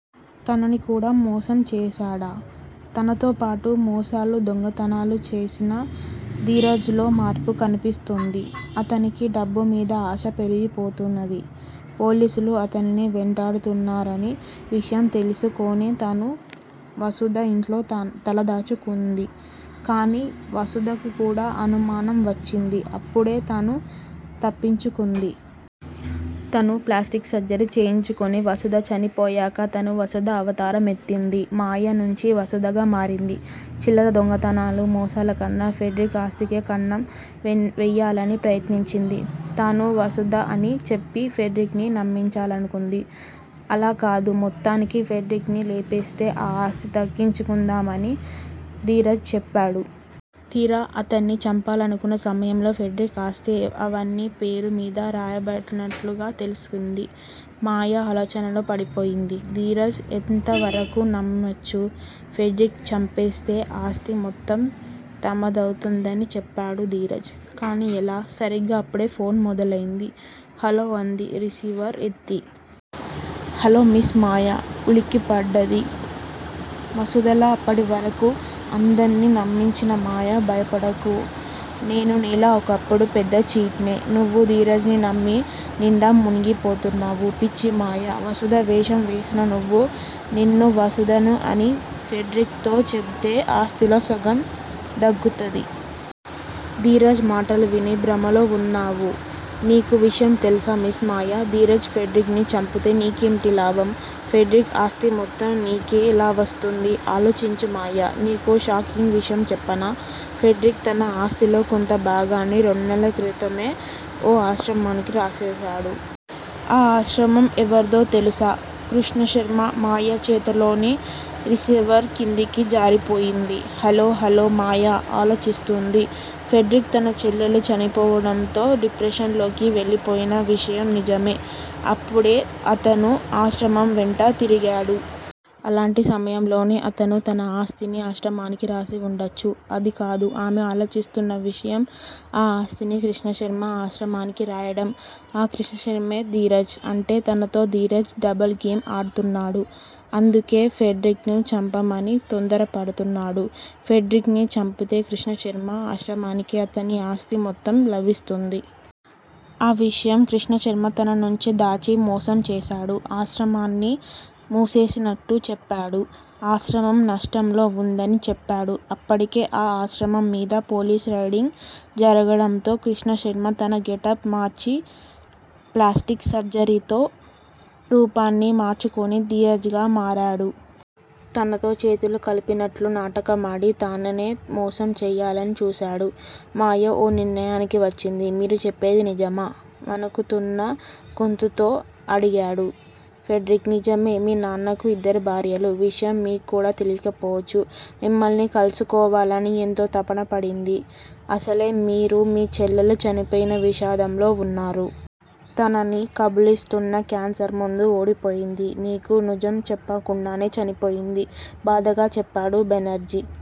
తనని కూడా మోసం చేస్తాడా. తనతోపాటు, మోసాలు, దొంగతనాలు చేసిన ధీరజ్ లో మార్పు కనిపిస్తోంది. అతనికి డబ్బు మీద ఆశ పెరిగిపోతున్నది. పోలీసులు తనని వెంటాడుతున్నారన్న విషయం తెలుసుకొని తను వసుధ ఇంట్లో తల దాచుకుంది. కానీ వసుధకు కూడా అనుమానం వచ్చింది. అప్పుడే తను తప్పించుకుంది. తను ప్లాస్టిక్ సర్జరీ చేయించుకుని వసుధ చనిపోయాక తను వసుధ అవతారం ఎత్తింది. మాయ నుంచి వసుధగా మారింది. చిల్లర దొంగతనాలు, మోసాలుకన్నా, ఫెడ్రిక్ ఆస్తికే కన్నం వేయాలని ప్రయత్నించింది. తాను వసుధ అని చెప్పి ఫెడ్రిక్ ని నమ్మించాలనుకుంది. అలాకాదు మొత్తానికే ఫెడ్రిక్ ని లేపేసి ఆ ఆస్తి దక్కించుకుందామన ధీరజ్ చెప్పాడు. తీరా, అతడ్ని చంపాలనుకున్న సమయంలో ఫెడ్రిక్ ఆస్తి అవని పేరు మీద రాయబోతున్నట్టు తెలిసింది. మాయ ఆలోచనలో పడిపోయింది. ధీరజ్ ఎంతవరకు నమ్మొచ్చు. ఫెడ్రిక్ చంపేస్తే ఆస్తి మొత్తం తమదవుతుందని చెప్పాడు ధీరజ్. కాని ఎలా? సరిగ్గా అప్పుడే ఫోన్ మొదలయింది. హలో అంది రిసీవర్ ఎత్తి. హలో మిస్ మాయా ఉలిక్కిపడింది వసుధలా అప్పటివరకు అందర్నీ నమ్మించిన మాయ. భయపడకు నేనూ నీలా ఒకప్పుడు పెద్ద ఛీట్ ని. నువ్వు ధీరజ్ ని నమ్మి నిండా మునిగిపోతున్నావు. పిచ్చి మాయా వసుధ వేషం వేసిన నువ్వు నేనే వసుధను అని ఫెడ్రిక్ తో చెబితే ఆస్తిలో సగం దక్కుతాది. ధీరజ్ మాటలు విని భ్రమలో వున్నావు. నీకో విషయం తెలుసా మిస్ మాయా, ధీరజ్ ఫెడ్రిక్ ను చంపితే, నీకేంటి లాభం? ఫెడ్రిక్ ఆస్తి మొత్తం నీకెలా వస్తుంది? ఆలోచించు మాయా నీకో షాకింగ్ విషయం చెప్పనా? ఫెడ్రిక్ తన ఆస్తిలో కొంత భాగాన్ని రెండు నెలల క్రితమే ఓ ఆశ్రమానికి రాసేసాడు. ఆ ఆశ్రమం ఎవరిదో తెలుసా కృ ష్ణ శ ర్మ. మాయ చేతిలోని రిసీవర్ కిందికి జారిపోయింది. హ లో హ లో హ లో మాయ ఆలోచిస్తోంది. ఫెడ్రిక్ తన చెల్లెలు చనిపోవడం తో డిప్రెషన్ లోకి వెళ్ళిపోయిన విషయం నిజమే. అప్పడే అతను ఆశ్రమాల వెంట తిరిగాడు. అలాంటి సమయంలోనే అతను తన ఆస్తిని ఆశ్రమానికి రాసి వుండొచ్చు. అది కాదు ఆమె ఆలోచిస్తోన్న విషయం. ఆ ఆస్తిని కృష్ణశర్మ ఆశ్రమానికి రాయడం, ఆ కృష్టశర్మే ధీరజ్. అంటే తనతో ధీరజ్ డబుల్ గేమ్ ఆడుతున్నాడు. అందుకే, ఫెడ్రిక్ ను చంపాలని తోందరపడుతున్నాడు. ఫెడ్రిక్ చంపితే కృష్ణశర్మ ఆశ్రమానికి అతని ఆస్తి మొత్తం లభిస్తుంది. ఆ విషయం కృష్ణశర్మ తన నుంచి దాచి, మోసం చేసాడు. ఆశ్రమాన్ని మూసేస్తున్నట్టు చెప్పాడు. ఆశ్రమం నష్టాల్లో వుందని చెప్పాడు. అప్పటికే ఆ ఆశ్రమం మీద పొలీసు రెయిడింగ్ జరగడంతో, కృష్ణశర్మ తన గెటప్ మార్చి ప్లాస్టిక్ సర్జరీతో రూపాన్ని మార్చుకొని ధీరజ్ గా మారాడు. తనతో చేతులు కలిపినట్టు నాటకమాడి తననే మోసం చేయాలని చూసాడు. మాయ ఓ నిర్ణయానికి వచ్చింది మీరు చెప్పేది నిజమా? వణుకుతోన్న గొంతుతో అడిగాడు ఫెడ్రిక్. నిజమే మీ నాన్నకు ఇద్దరు భార్యలున్న విషయం మీక్కూడా తెలియకపోవచ్చు. మిమ్మల్ని కలుసుకోవాలని ఎంతో తపన పడింది. అసలే మీరు మీ చెల్లెలు చనిపోయిన విషాదంలో వున్నారు. తనని కబళిస్తోన్న క్యాన్సర్ ముందు ఓడిపోయింది. మీకు నిజం చెప్పకుండానే చనిపోయింది. బాధగా చెప్పాడు బెనర్జీ.